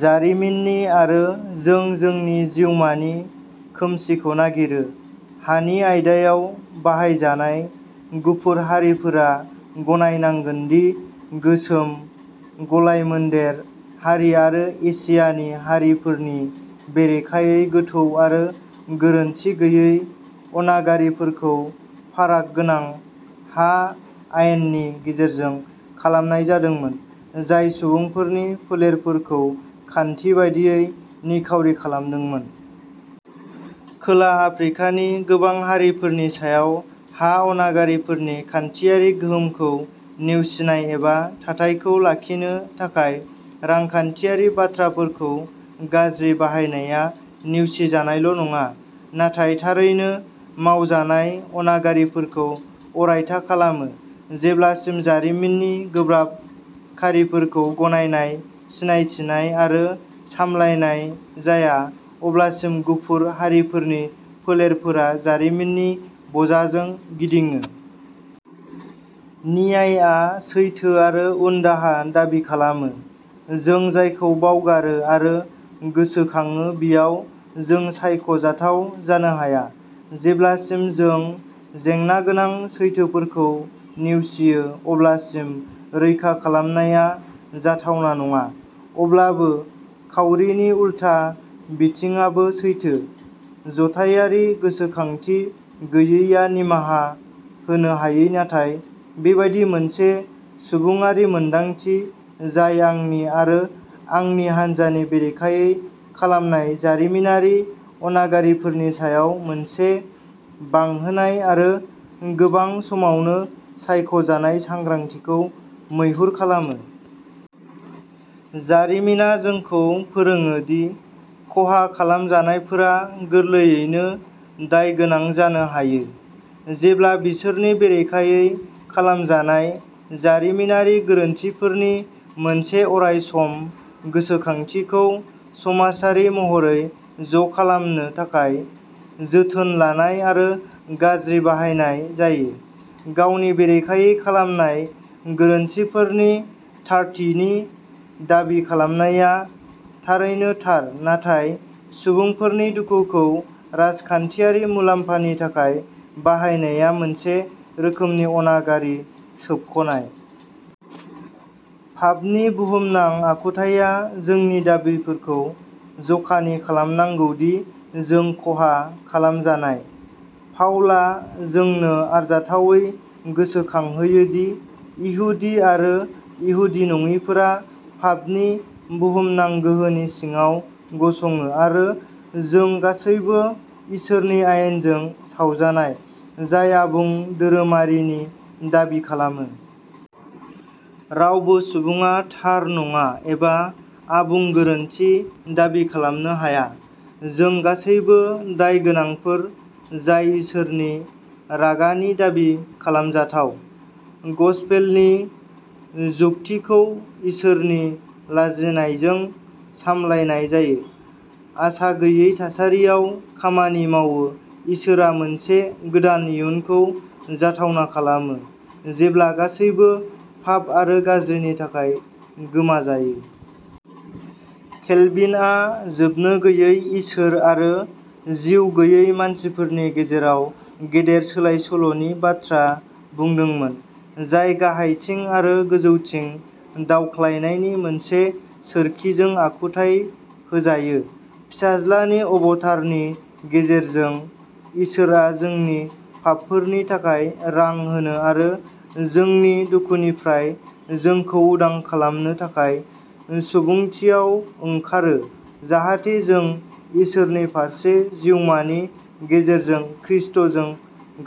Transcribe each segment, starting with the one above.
जारिमिननि आरो जों जोंनि जिउमानि खोमसिखौ नागिरो। हानि आयदायाव बाहायजानाय, गुफुर हारिफोरा गनायनांगोन दि गोसोम, गलाय-मोनदेर हारि आरो एसियानि हारिफोरनि बेरेखायै गोथौ आरो गोरोनथि गैयै अनागारिफोरखौ फाराग गोनां हा आयेननि गेजेरजों खालामनाय जादोंमोन, जाय सुबुंफोरनि फोलेरफोरखौ खान्थि बायदियै निखावरि खालामदोंमोन। खोला आफ्रिकानि गोबां हारिफोरनि सायाव हा अनागारिफोरनि खान्थियारि गोहोमखौ नेवसिनाय एबा थाथायखौ लाखिनो थाखाय रांखान्थियारि बाथ्राफोरखौ गाज्रि बाहायनाया नेवसिजानायल' नङा, नाथाय थारैनो मावजानाय अनागारिफोरखौ अरायथा खालामो। जेब्लासिम जारिमिननि गोब्राब खारिफोरखौ गनायनाय, सिनायथिनाय आरो सामलायनाय जाया, अब्लासिम गुफुर हारिफोरनि फोलेरफोरा जारिमिननि बजाजों गिदिङो। नियाइआ सैथो आरो उनदाहा दाबि खालामो। जों जायखौ बावगारो आरो गोसोखाङो बेयाव जों सायख' जाथाव जानो हाया। जेब्लासिम जों जेंनागोनां सैथोफोरखौ नेवसियो अब्लासिम रैखा खालामनाया जाथावना नङा। अब्लाबो, खावरिनि उलथा बिथिंआबो सैथो। जथायारि गोसोखांथि गैयैआ निमाहा होनो हायै नाथाय बेबादि मोनसे सुबुङारि मोनदांथि, जाय आंनि आरो आंनि हान्जानि बेरेखायै खालामनाय जारिमिनारि अनागारिफोरनि सायाव मोनसे बांहोनाय आरो गोबां समावनो सायख' जानाय सांग्रांथिखौ मैहुर खालामो। जारिमिना जोंखौ फोरोङो दि खहा खालामजानायफोरा गोरलैयैनो दायगोनां जानो हायो, जेब्ला बिसोरनि बेरेखायै खालामजानाय जारिमिनारि गोरोन्थिफोरनि मोनसे अरायसम गोसोखांथिखौ समाजारि महरै ज' खालामनो थाखाय जोथोन लानाय आरो गाज्रि बाहायनाय जायो। गावनि बेरेखायै खालामनाय गोरोन्थिफोरनि थारथिनि दाबि खालामनाया थारैनो थार, नाथाय सुबुंफोरनि दुखुखौ राजखान्थियारि मुलाम्फानि थाखाय बाहायनाया मोनसे रोखोमनि अनागारि सोबख'नाय। फाफनि बुहुमनां आखुथाया जोंनि दाबिफोरखौ जखानि खालामनांगौ दि जों खहा खालामजानाय। पाउला जोंनो आरजाथावै गोसोखांहोयो दि इहुदि आरो इहुदि नङिफोरा फाफनि बुहुमनां गोहोनि सिङाव गसङो आरो जों गासैबो इसोरनि आयेनजों सावजानाय, जाय आबुं धोरोमारिनि दाबि खालामो। रावबो सुबुङा थार नङा एबा आबुं गोरोनथि दाबि खालामनो हाया। जों गासैबो दायगोनांफोर जाय इसोरनि रागानि दाबि खालामजाथाव। गसपेलनि जुक्तिखौ इसोरनि लाजिनायजों सामलायनाय जायो। आसागैयै थासारियाव खामानि मावो इसोरआ मोनसे गोदान इयुनखौ जाथावना खालामो जेब्ला गासैबो फाफ आरो गाज्रिनि थाखाय गोमाजायो। केलभिन आ जोबनोगैयै इसोर आरो जिउ गैयै मानसिफोरनि गेजेराव गेदेर सोलाय-सोल'नि बाथ्रा बुंदोंमोन, जाय गाहायथिं आरो गोजौथिं दावख्लायनायनि मोनसे सोरखिजों आखुथाइ होजायो। फिसाज्लानि अबतारनि गेजेरजों, इसोरआ जोंनि फाफफोरनि थाखाय रां होनो आरो जोंनि दुखुनिफ्राय जोंखौ उदां खालामनो थाखाय सुबुंथियाव ओंखारो जाहाथे जों इसोरनि फारसे जिउमानि गेजेरजों ख्रिस्ट’जों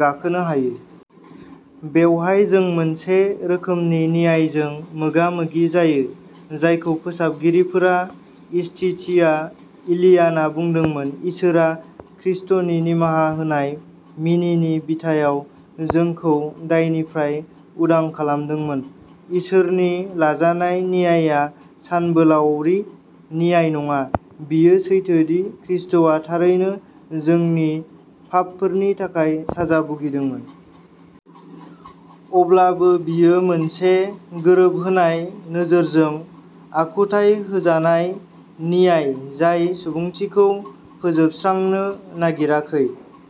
गाखोनो हायो। बेवहाय जों मोनसे रोखोमनि नियाइजों मोगा-मोगि जायो जायखौ फोसाबगिरिफोरा इस्टिटिया एलियाना बुंदोंमोन इसोरा ख्रिस्ट’नि निमाहा होनाय मिनिनि बिथायाव जोंखौ दायनिफ्राय उदां खालामदोंमोन। इसोरनि लाजानाय नियाइआ सानबोलावरि नियाइ नङा बेयो सैथो दि ख्रिस्ट’आ थारैनो जोंनि फाफ फोरनि थाखाय साजा भुगिदोंमोन। अब्लाबो बेयो मोनसे गोरोबहोनाय नोजोरजों आखुथाइ होजानाय नियाइ जाय सुबुंथिखौ फोजोबस्रांनो नागिराखै।